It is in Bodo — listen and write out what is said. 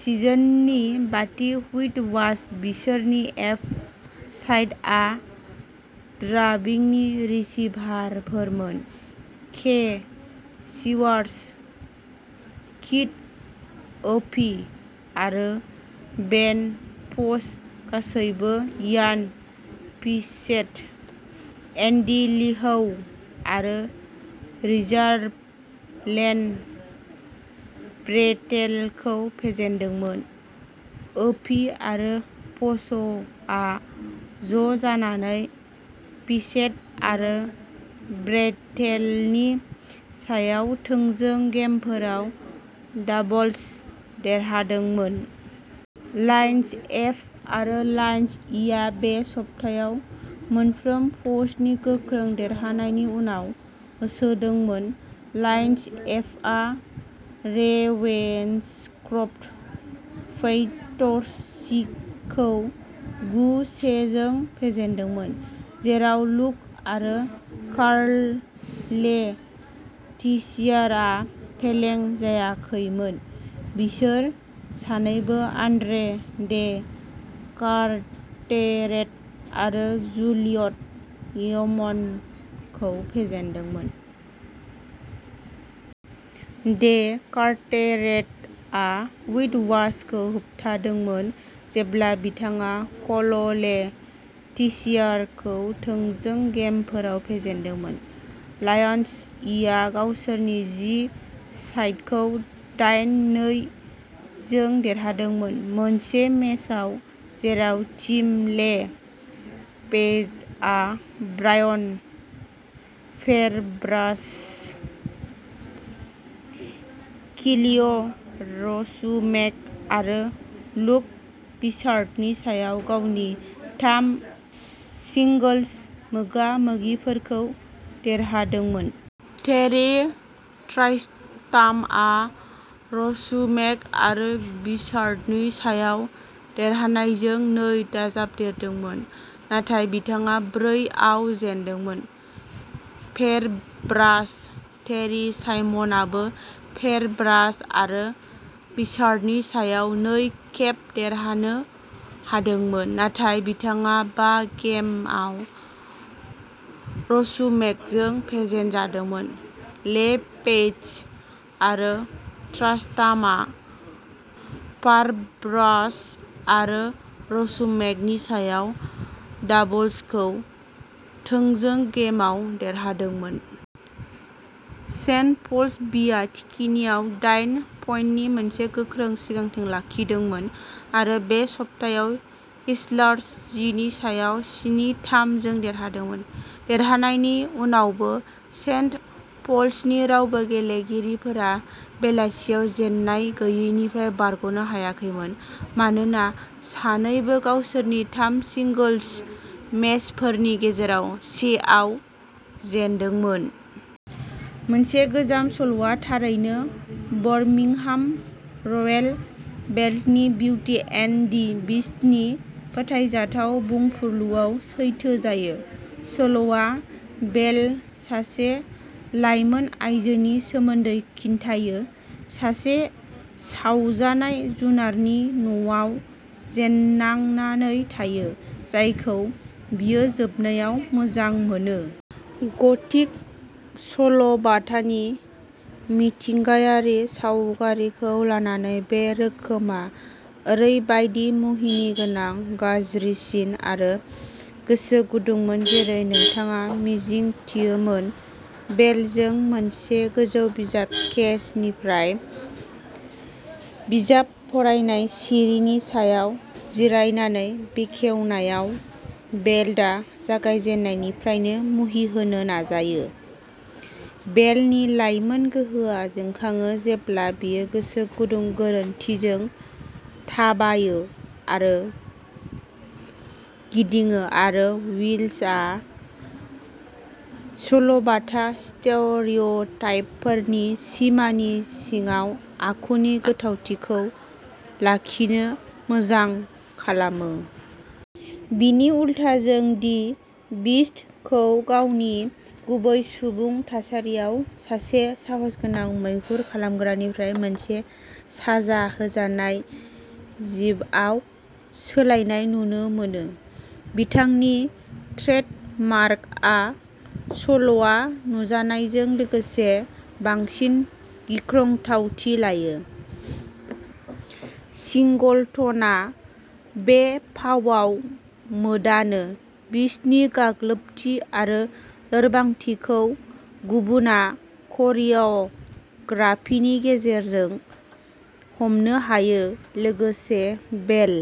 सिजोननि बाथि हुइटवाश बिसोरनि एफ साइडआ ड्राबिंनि रिसिभारफोरमोन। के चिवार्स, कीथ ओपि आरो बेन फ'स गासैबो इयान फिचेट, एन्डी लिहौ आरो रिजार्भ लेन ब्रेटेलखौ फेजेनदोंमोन। ओपि आरो फस'आ ज'जानानै फिचेट आरो ब्रेटेलनि सायाव थोंजों गेमफोराव डाबल्स देरहादोंमोन। लायन्स एफ आरो लायन्स इआ बे सप्तायाव मोनफ्रोम पोस्टनि गोख्रों देरहानायनि उनाव होसोदोंमोन। लायन्स एफआ रेवेन्सक्रफ्ट पैंथर्स सीखौ गु-से जों फेजेनदोंमोन। जेराव लुक आरो कार्ल ले टिसियारआ फेलें जायाखैमोन। बिसोर सानैबो आन्द्रे डे कार्टेरेट आरो जुलियट यमनखौ फेजेनदोंमोन। डे कार्टेरेटआ हुइटवाशखौ होबथादोंमोन जेब्ला बिथाङा कल'ले टिसियारखौ थोंजों गेमफोराव फेजेनदोंमोन। लायन्स इआ गावसोरनि जी साइडखौ दाइन -नै जों देरहादोंमोन। मोनसे मेचआव जेराव टिम ले पेजआ ब्रायन फेरब्राच, किलिय'रसुमेक आरो लुक बिचार्डनि सायाव गावनि थाम सिंगल्स मोगा-मोगिफोरखौ देरहादोंमोन। टेरी ट्रास्टामआ रसुमेक आरो बिचार्डनि सायाव देरहानायजों नै दाजाबदेरदोंमोन। नाथाय बिथाङा ब्रै आव जेनदोंमोन। फेरब्राश। टेरि साइमनआबो फेरब्राश आरो बिचार्डनि सायाव नै खेब देरहानो हादोंमोन। नाथाय बिथाङा बा गेमआव रसुमेकजों फेजेनजादोंमोन। ले पेज आरो ट्रास्टामा फारब्राश आरो रसुमेकनि सायाव डाबल्सखौ थोंजों गेमआव देरहादोंमोन। सेन्ट पल्स बिआ थिखिनिआव दाइन पइन्टनि मोनसे गोख्रों सिगांथि लाखिदोंमोन आरो बे सप्तायाव हिस्लार्स जिनि सायाव स्नि-थाम जों देरहादोंमोन। देरहानायनि उनावबो सेन्ट पल्सनि रावबो गेलेगिरिफोरा बेलासियाव जेननाय गैयैनिफ्राय बारग'नो हायाखैमोन। मानोना सानैबो गावसोरनि थाम सिंगल्स मेचफोरनि गेजेराव से आव जेनदोंमोन। मोनसे गोजाम सल आ थारैनो बरमिंहाम रयेल बेलेटनि बिउटि एन्ड दि बिस्टनि फोथायजाथाव बुंफुरलुआव सैथो जायो। सल'आ बेल सासे लाइमोन आयजोनि सोमोन्दै खिन्थायो। सासे सावजानाय जुनारनि न'आव जेन्नांनानै थायो। जायखौ बियो जोबनायाव मोजां मोनो। गथिक सल'बाथानि मिथिंगायारि सावगारिखौ लानानै बे रोखोमआ ओरैबायदि मुहिनिगोनां गाज्रिसिन आरो गोसो गुदुंमोन जेरै नोंथाङा मिजिंथियोमोन। बेलजों मोनसे गोजौ बिजाब केसनिफ्राय बिजाब फरायनाय सिरिनि सायाव जिरायनानै बेखेवनायाव बेलेटआ जागायजेन्नायनिफ्रायनो मुहिहोनो नाजायो। बेलनि लाइमोन गोहोआ जोंखाङो जेब्ला बियो गोसो गुदुं गोरोनथिजों थाबायो आरो गिदिङो आरो विलसआ सल'बाथा स्टेरियोटाइपफोरनि सिमानि सिङाव आखुनि गोथावथिखौ लाखिनो मोजां खालामो। बिनि उलथा जों दि बिस्ट खौ गावनि गुबै सुबुं थासारियाव सासे साहसगोनां मैहुर खालामग्रानिफ्राय मोनसे साजा होजानाय जिबआव सोलायनाय नुनो मोनो। बिथांनि ट्रेडमार्कआ सल'आ नुजानायजों लोगोसे बांसिन गिख्रंथावथि लायो। सिंगलट'नआ बे फावआव मोदानो बिस्टनि गाग्लोबथि आरो लोरबांथिखौ गुबुना करिय'ग्राफिनि गेजेरजों हमनो हायो। लोगोसे बेल।